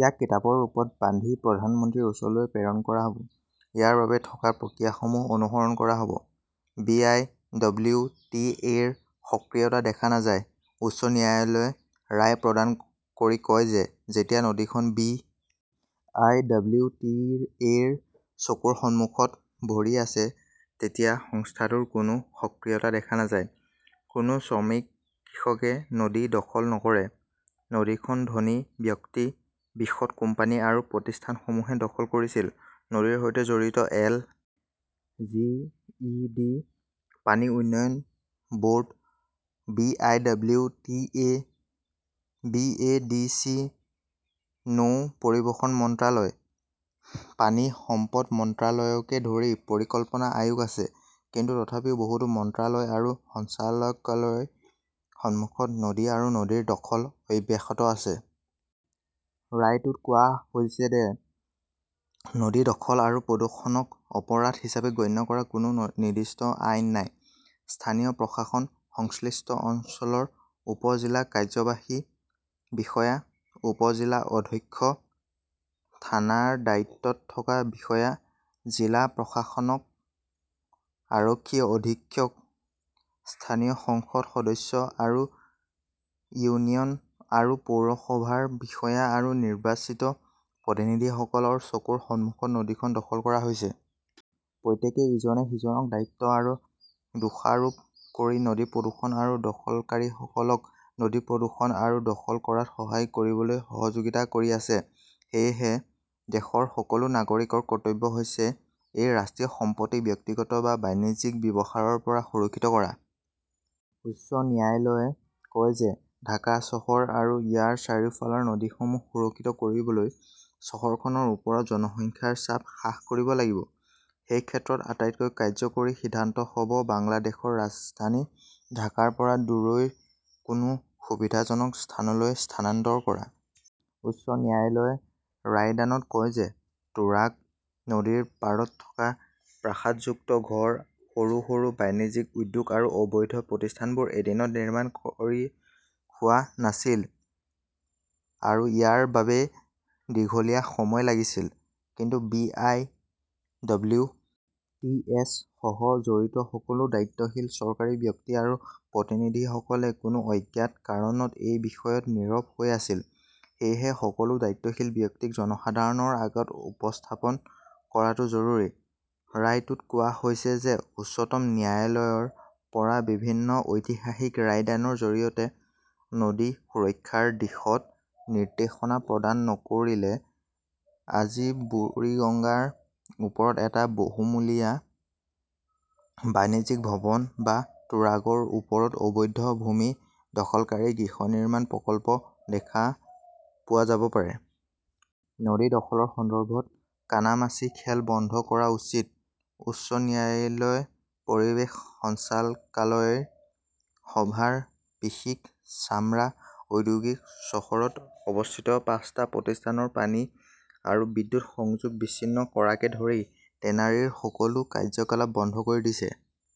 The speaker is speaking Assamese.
ইয়াক কিতাপৰ ৰূপত বান্ধি প্ৰধানমন্ত্ৰীৰ ওচৰলৈ প্ৰেৰণ কৰা হ'ব। ইয়াৰ বাবে থকা প্ৰক্ৰিয়াসমূহ অনুসৰণ কৰা হ'ব। বি. আই. ডব্লিউ. টি. এ.ৰ সক্ৰিয়তা দেখা নাযায়, উচ্চ ন্যায়ালয়ে ৰায় প্ৰদান কৰি কয় যে, যেতিয়া নদীখন বি. আই. ডব্লিউ. টি. এ.ৰ চকুৰ সন্মুখত ভৰি আছে তেতিয়া সংস্থাটোৰ কোনো সক্ৰিয়তা দেখা নাযায়। কোনো শ্ৰমিক, কৃষকে নদী দখল নকৰে। নদীখন ধনী ব্যক্তি, বৃহৎ কোম্পানী আৰু প্ৰতিষ্ঠানসমূহে দখল কৰিছিল। নদীৰ সৈতে জড়িত এল. জি. ই. ডি., পানী উন্নয়ন board, B. I. W. T. A., B. A. D. C., নৌ পৰিবহণ মন্ত্ৰালয়, পানী সম্পদ মন্ত্ৰালয়কে ধৰি পৰিকল্পনা আয়োগ আছে। কিন্তু তথাপিও বহুতো মন্ত্ৰালয় আৰু সঞ্চালকালয়ৰ সন্মুখত নদী আৰু নদীৰ দখল অব্যাহত আছে। ৰায়টোত কোৱা হৈছে যে, নদী দখল আৰু প্ৰদূষণক অপৰাধ হিচাপে গণ্য কৰা কোনো নিৰ্দিষ্ট আইন নাই। স্থানীয় প্ৰশাসন, সংশ্লিষ্ট অঞ্চলৰ উপ-জিলা কাৰ্যবাহী বিষয়া, উপ-জিলা অধ্যক্ষ, থানাৰ দায়িত্বত থকা বিষয়া, জিলা প্ৰশাসক, আৰক্ষী অধীক্ষক, স্থানীয় সংসদ সদস্য আৰু ইউনিয়ন আৰু পৌৰসভাৰ বিষয়া আৰু নিৰ্বাচিত প্ৰতিনিধিসকলৰ চকুৰ সন্মুখত নদীখন দখল কৰা হৈছে। প্ৰত্যেকেই ইজনে সিজনক দায়িত্ব আৰু দোষাৰোপ কৰি নদী প্ৰদূষণ আৰু দখলকাৰীসকলক নদী প্ৰদূষণ আৰু দখল কৰাত সহায় কৰিবলৈ সহযোগিতা কৰি আছে। সেয়েহে, দেশৰ সকলো নাগৰিকৰ কৰ্তব্য হৈছে এই ৰাষ্ট্ৰীয় সম্পত্তি ব্যক্তিগত বা বাণিজ্যিক ব্যৱহাৰৰ পৰা সুৰক্ষিত কৰা। উচ্চ ন্যায়ালয়ে কয় যে, ঢাকা চহৰ আৰু ইয়াৰ চাৰিওফালৰ নদীসমূহ সুৰক্ষিত কৰিবলৈ চহৰখনৰ ওপৰত জনসংখ্যাৰ চাপ হ্ৰাস কৰিব লাগিব। সেই ক্ষেত্ৰত আটাইতকৈ কাৰ্যকৰী সিদ্ধান্ত হ'ব বাংলাদেশৰ ৰাজধানী ঢাকাৰ পৰা দূৰৈৰ কোনো সুবিধাজনক স্থানলৈ স্থানান্তৰ কৰা। উচ্চ ন্যায়ালয়ে ৰায়দানত কয় যে, তুৰাগ নদীৰ পাৰত থকা প্ৰাসাদযুক্ত ঘৰ, সৰু সৰু বাণিজ্যিক উদ্যোগ আৰু অবৈধ প্ৰতিষ্ঠানবোৰ এদিনত নিৰ্মাণ কৰা হোৱা নাছিল আৰু ইয়াৰ বাবে দীঘলীয়া সময় লাগিছিল। কিন্তু B. I. W. T. S. সহ জড়িত সকলো দায়িত্বশীল চৰকাৰী ব্যক্তি আৰু প্ৰতিনিধিসকলে কোনো অজ্ঞাত কাৰণত এই বিষয়ত নীৰৱ হৈ আছিল। সেয়েহে সকলো দায়িত্বশীল ব্যক্তিক জনসাধাৰণৰ আগত উপস্থাপন কৰাটো জৰুৰী। ৰায়টোত কোৱা হৈছে যে, উচ্চতম ন্যায়ালয়ৰ পৰা বিভিন্ন ঐতিহাসিক ৰায়দানৰ জৰিয়তে নদী সুৰক্ষাৰ দিশত নিৰ্দেশনা প্ৰদান নকৰিলে আজি বুৰিগঙ্গাৰ ওপৰত এটা বহুমহলীয়া বাণিজ্যিক ভৱন বা তুৰাগৰ ওপৰত অবৈধ ভূমি দখলকাৰীৰ গৃহ নিৰ্মাণ প্ৰকল্প দেখা পোৱা যাব পাৰে। নদী দখলৰ সন্দৰ্ভত কানামাচি খেল বন্ধ কৰা উচিতঃ উচ্চ ন্যায়ালয় পৰিৱেশ সঞ্চালকালয়ই সাভাৰৰ বিসিক চামৰা ঔদ্যোগিক চহৰত অৱস্থিত পাঁচটা প্ৰতিষ্ঠানৰ পানী আৰু বিদ্যুৎ সংযোগ বিচ্ছিন্ন কৰাকে ধৰি টেনাৰীৰ সকলো কাৰ্যকলাপ বন্ধ কৰি দিছে।